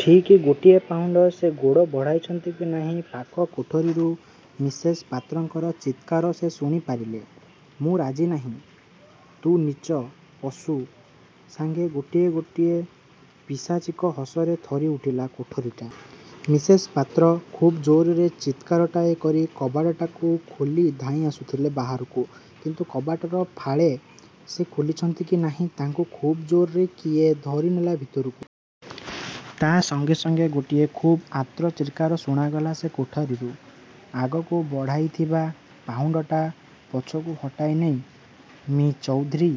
ଠିକ୍ ଗୋଟିଏ ପାହୁଣ୍ଡ ସେ ଗୋଡ଼ ବଢ଼ାଇଛନ୍ତି କି ନାହିଁ ପାଖ କୋଠରୀରୁ ମିସେସ୍ ପାତ୍ରଙ୍କର ଚିତ୍କାର ସେ ଶୁଣି ପାରିଲେ। ''ମୁଁ ରାଜି ନୁହେଁ; ତୁ ନୀଚ, ପଶୁ! '' ସାଙ୍ଗେ ସାଙ୍ଗେ ଗୋଟାଏ ପୈଶାଚିକ ହସରେ ଥରି ଉଠିଲା କୋଠରୀଟା। ମିସେସ୍ ପାତ୍ର ଖୁବ୍ ଜୋର୍ରେ ଚିତ୍କାରଟାଏ କରି କବାଟଟା ଖୋଲି ଧାଇଁ ଆସୁଥିଲେ ବାହାରକୁ, କିନ୍ତୁ କବାଟର ଫାଳେ ସେ ଖୋଲିଛନ୍ତି କି ନାହିଁ, ତାଙ୍କୁ ଖୁବ୍ ଜୋର୍ରେ କିଏ ଧରିନେଲା ଭିତରୁ। ତା' ସାଙ୍ଗେ ସାଙ୍ଗେ ଗୋଟାଏ ଖୁବ୍ ଆର୍ତ୍ତ ଚିତ୍କାର ଶୁଣାଗଲା ସେ କୋଠରୀରୁ। ଆଗକୁ ବଢ଼ାଇଥିବା ପାହୁଣ୍ଡଟା ପଛକୁ ହଟାଇ ନେଇ ମି: ଚୌଧୁରୀ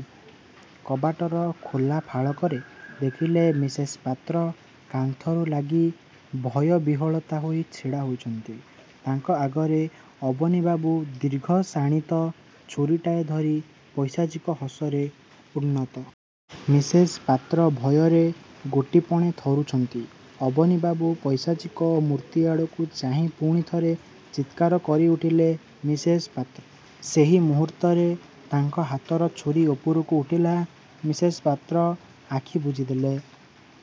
କବାଟର ଖୋଲା ଫାଳକରେ ଦେଖିଲେ ମିସେସ୍ ପାତ୍ର କାନ୍ଥକୁ ଲାଗି ଭୟ-ବିହ୍ୱଳିତା ହୋଇ ଠିଆ ହୋଇଛନ୍ତି। ତାଙ୍କ ଆଗରେ ଅବନୀବାବୁ ଦୀର୍ଘ ଶାଣିତ ଛୁରୀଟାଏ ଧରି ପୈଶାଚିକ ହସରେ ଉନ୍ମତ୍ତ। ମିସେସ୍ ପାତ୍ର ଭୟରେ ଗୋଟିପଣେ ଥରୁଛନ୍ତି। ଅବନୀବାବୁ ପୈଶାଚିକ ମୂର୍ତ୍ତିଆଡ଼କୁ ଚାହିଁ ପୁଣି ଥରେ ଚିତ୍କାର କରି ଉଠିଲେ ମିସେସ୍ ପାତ୍ର। ସେଇ ମୁହୂର୍ତ୍ତରେ ତାଙ୍କ ହାତର ଛୁରୀ ଉପରକୁ ଉଠିଲା। ମିସେସ୍ ପାତ୍ର ଆଖି ବୁଜିଦେଲେ-।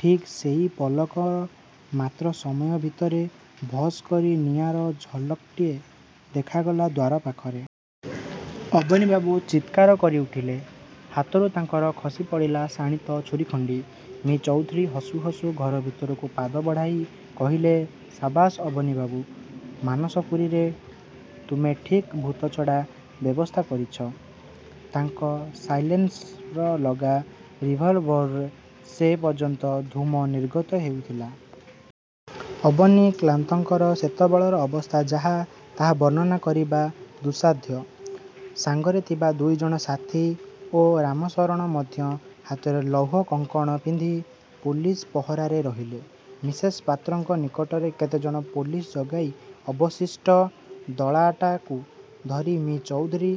ଠିକ୍ ସେଇ ପଲକ ମାତ୍ର ସମୟ ଭିତରେ 'ଭଷ୍' କରି ନିଆଁର ଝଲକ୍ଟିଏ ଦେଖାଗଲା ଦ୍ୱାର ପାଖରେ। ଅବନୀବାବୁ ଚିତ୍କାର କରି ଉଠିଲେ। ହାତରୁ ତାଙ୍କର ଖସି ପଡ଼ିଲା ଶାଣିତ ଛୁରୀଖଣ୍ଡି। ମି: ଚୌଧୁରୀ ହସୁ ହସୁ ଘର ଭିତରକୁ ପାଦ ବଢ଼ାଇ। କହିଲେ-''ସାବାସ୍ ଅବନୀବାବୁ! ମାନସପୁରୀରେ ତୁମେ ଠିକ୍ ଭୂତ ଛଡ଼ା ବ୍ୟବସ୍ଥା କରିଛ। '' ତାଙ୍କ ସାଇଲେନସ୍ର ଲଗା ରିଭଲଭରରୁ ସେ ପର୍ଯ୍ୟନ୍ତ ଧୂମ ନିର୍ଗତ ହେଉଥିଲା। ଅବନୀକାନ୍ତଙ୍କର ସେତେବେଳର ଅବସ୍ଥା ଯାହା, ତାହା ବର୍ଣ୍ଣନା କରିବା ଦୁଃସାଧ୍ୟ। ସାଙ୍ଗରେ ଥିବା ଦୁଇଜଣ ସାଥି ଓ ରାମଶରଣ ମଧ୍ୟ ହାତରେ ଲୌହ କଙ୍କଣ ପିନ୍ଧି ପୋଲିସ୍ ପହରାରେ ରହିଲେ। ମିସେସ୍ ପାତ୍ରଙ୍କ ନିକଟରେ କେତେଜଣ ପୋଲିସ୍ ଜଗାଇ ଅବଶିଷ୍ଟ ଦଳଟାକୁ ଧରି ମି: ଚୌଧୁରୀ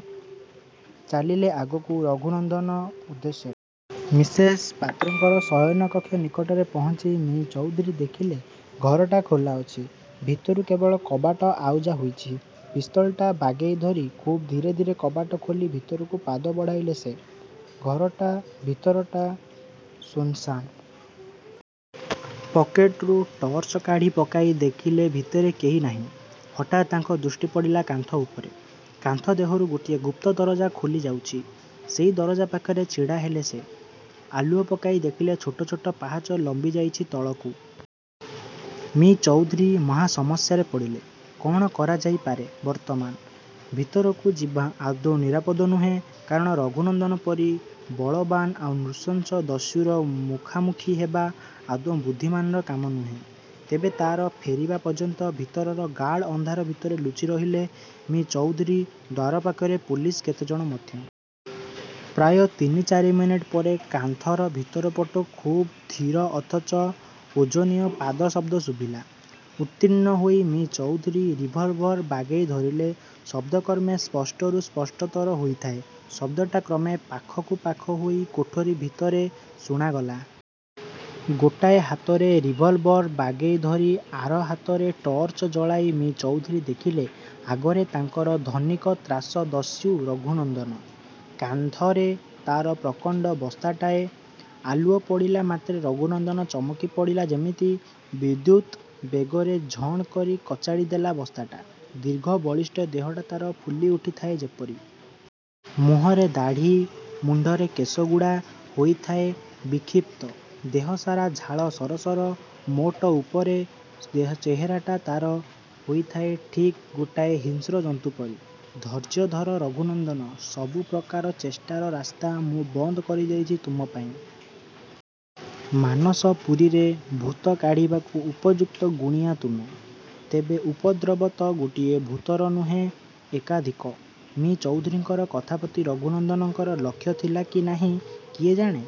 ଚାଲିଲେ ଆଗକୁ ରଘୁନନ୍ଦନ ଉଦ୍ଦେଶ୍ୟରେ। ମିସେସ୍ ପାତ୍ରଙ୍କର ଶୟନ କକ୍ଷ ନିକଟରେ ପହଞ୍ଚି ମି: ଚୌଧୁରୀ ଦେଖିଲେ ଘରଟା ଖୋଲା ଅଛି। ଭିତରୁ କେବଳ କବାଟ ଆଉଜା ହୋଇଛି। ପିସ୍ତଲଟା ବାଗେଇ ଧରି ଖୁବ୍ ଧୀରେ ଧୀରେ କବାଟ ଖୋଲି ଭିତରକୁ ପାଦ ବଢ଼ାଇଲେ ସେ। ଘର ଭିତରଟା ଶୂନ୍ ଶାନ୍। ପକେଟରୁ ଟର୍ଚ୍ଚ କାଢ଼ି ପକାଇ ଦେଖିଲେ ଭିତରେ କେହି ନାହିଁ। ହଠାତ୍ ତାଙ୍କ ଦୃଷ୍ଟି ପଡ଼ିଲା କାନ୍ଥ ଉପରେ। କାନ୍ଥ ଦେହରୁ ଗୋଟାଏ ଗୁପ୍ତ ଦରଜା ଖୋଲି ଯାଇଛି। ସେଇ ଦରଜା ପାଖରେ ଠିଆ ହେଲେ ସେ-। ଆଲୁଅ ପକାଇ ଦେଖିଲେ ଛୋଟ ଛୋଟ ପାହାଚ ଲମ୍ବି ଯାଇଚି ତଳକୁ। ମି: ଚୌଧୁରୀ ମହା ସମସ୍ୟାରେ ପଡ଼ିଲେ। ''କ'ଣ କରାଯାଇପାରେ ବର୍ତ୍ତମାନ! ଭିତରକୁ ଯିବା ଆଦୌ ନିରାପଦ ନୁହେଁ। କାରଣ ରଘୁନନ୍ଦନ ପରି ବଳବାନ ଆଉ ନୃଶଂସ ଦସ୍ୟୁର ମୁଖାମୁଖି ହେବା ଆଦୌ ବୁଦ୍ଧିମାନର କାମ ନୁହେଁ। ତେବେ ତା'ର ଫେରିବା ପର୍ଯ୍ୟନ୍ତ ଭିତରର ଗାଢ଼ ଅନ୍ଧାର ଭିତରେ ଲୁଚି ରହିଲେ ମି: ଚୌଧୁରୀ; ଦ୍ୱାର ପାଖରେ ପୋଲିସ୍ କେତେଜଣ ମଧ୍ୟ। ପ୍ରାୟ ତିନି ଚାରି ମିନିଟ୍ ପରେ କାନ୍ଥର ଭିତରପଟୁ ଖୁବ୍ ଧୀର ଅଥଚ ଓଜନିଆ ପାଦ ଶବ୍ଦ ଶୁଭିଲା। ଉତ୍କୀର୍ଣ୍ଣ ହୋଇ ମି: ଚୌଧୁରୀ ରିଭଲଭର୍ ବାଗେଇ ଧରିଲେ। ଶବ୍ଦ କ୍ରମେ ସ୍ପଷ୍ଟରୁ ସ୍ପଷ୍ଟତର ହେଉଥାଏ। ଶବ୍ଦଟା କ୍ରମେ ପାଖକୁ ପାଖ ହୋଇ କୋଠରୀ ଭିତରେ ଶୁଣାଗଲା। ଗୋଟାଏ ହାତରେ ରିଭଲଭର୍ ବାଗେଇ ଧରି ଆର ହାତରେ ଟର୍ଚ୍ଚ ଜଳାଇ ମି: ଚୌଧୁରୀ ଦେଖିଲେ, ଆଗରେ ତାଙ୍କର ଧନୀକ-ତ୍ରାସ ଦସ୍ୟୁ ରଘୁନନ୍ଦନ। କାନ୍ଧରେ ତା'ର ପ୍ରକାଣ୍ଡ ବସ୍ତାଟାଏ-। ଆଲୁଅ ପଡ଼ିଲା ମାତ୍ରେ ରଘୁନନ୍ଦନ ଚମକି ପଡ଼ିଲା ଯେମିତି। ବିଦ୍ୟୁତ୍ ବେଗରେ ଝଣ୍ କରି କଚାଡ଼ି ଦେଲା ବସ୍ତାଟା; ଦୀର୍ଘ, ବଳିଷ୍ଟ ଦେହଟା ତା'ର ଫୁଲି ଉଠୁଥାଏ ଯେପରି। ମୁହଁର ଦାଢ଼ି, ମୁଣ୍ଡର କେଶଗୁଡ଼ା ହୋଇଥାଏ ବିକ୍ଷିପ୍ତ। ଦେହ ସାରା ଝାଳ ସରସର। ମୋଟ ଉପରେ ଚେହେରାଟା ତା'ର ହୋଇଥାଏ ଠିକ୍ ଗୋଟାଏ ହିଂସ୍ର ଜନ୍ତୁ ପରି। ''ଧୈର୍ଯ୍ୟ ଧର ରଘୁନନ୍ଦନ! ସବୁ ପ୍ରକାର ଚେଷ୍ଟାର ରାସ୍ତା ମୁଁ ବନ୍ଦ କରି ଦେଇଛି ତୁମ ପାଇଁ। ମାନସପୁରୀରେ ଭୂତ କାଢ଼ିବାକୁ ଉପଯୁକ୍ତ ଗୁଣିଆ ତୁମେ। ତେବେ ଉପଦ୍ରବ ତ ଗୋଟିଏ ଭୂତର ନୁହେଁ, ଏକାଧିକ! '' ମି: ଚୌଧୁରୀଙ୍କ କଥା ପ୍ରତି ରଘୁନନ୍ଦନର ଲକ୍ଷ୍ୟ ଥିଲା କି ନାହିଁ କିଏ ଜାଣେ?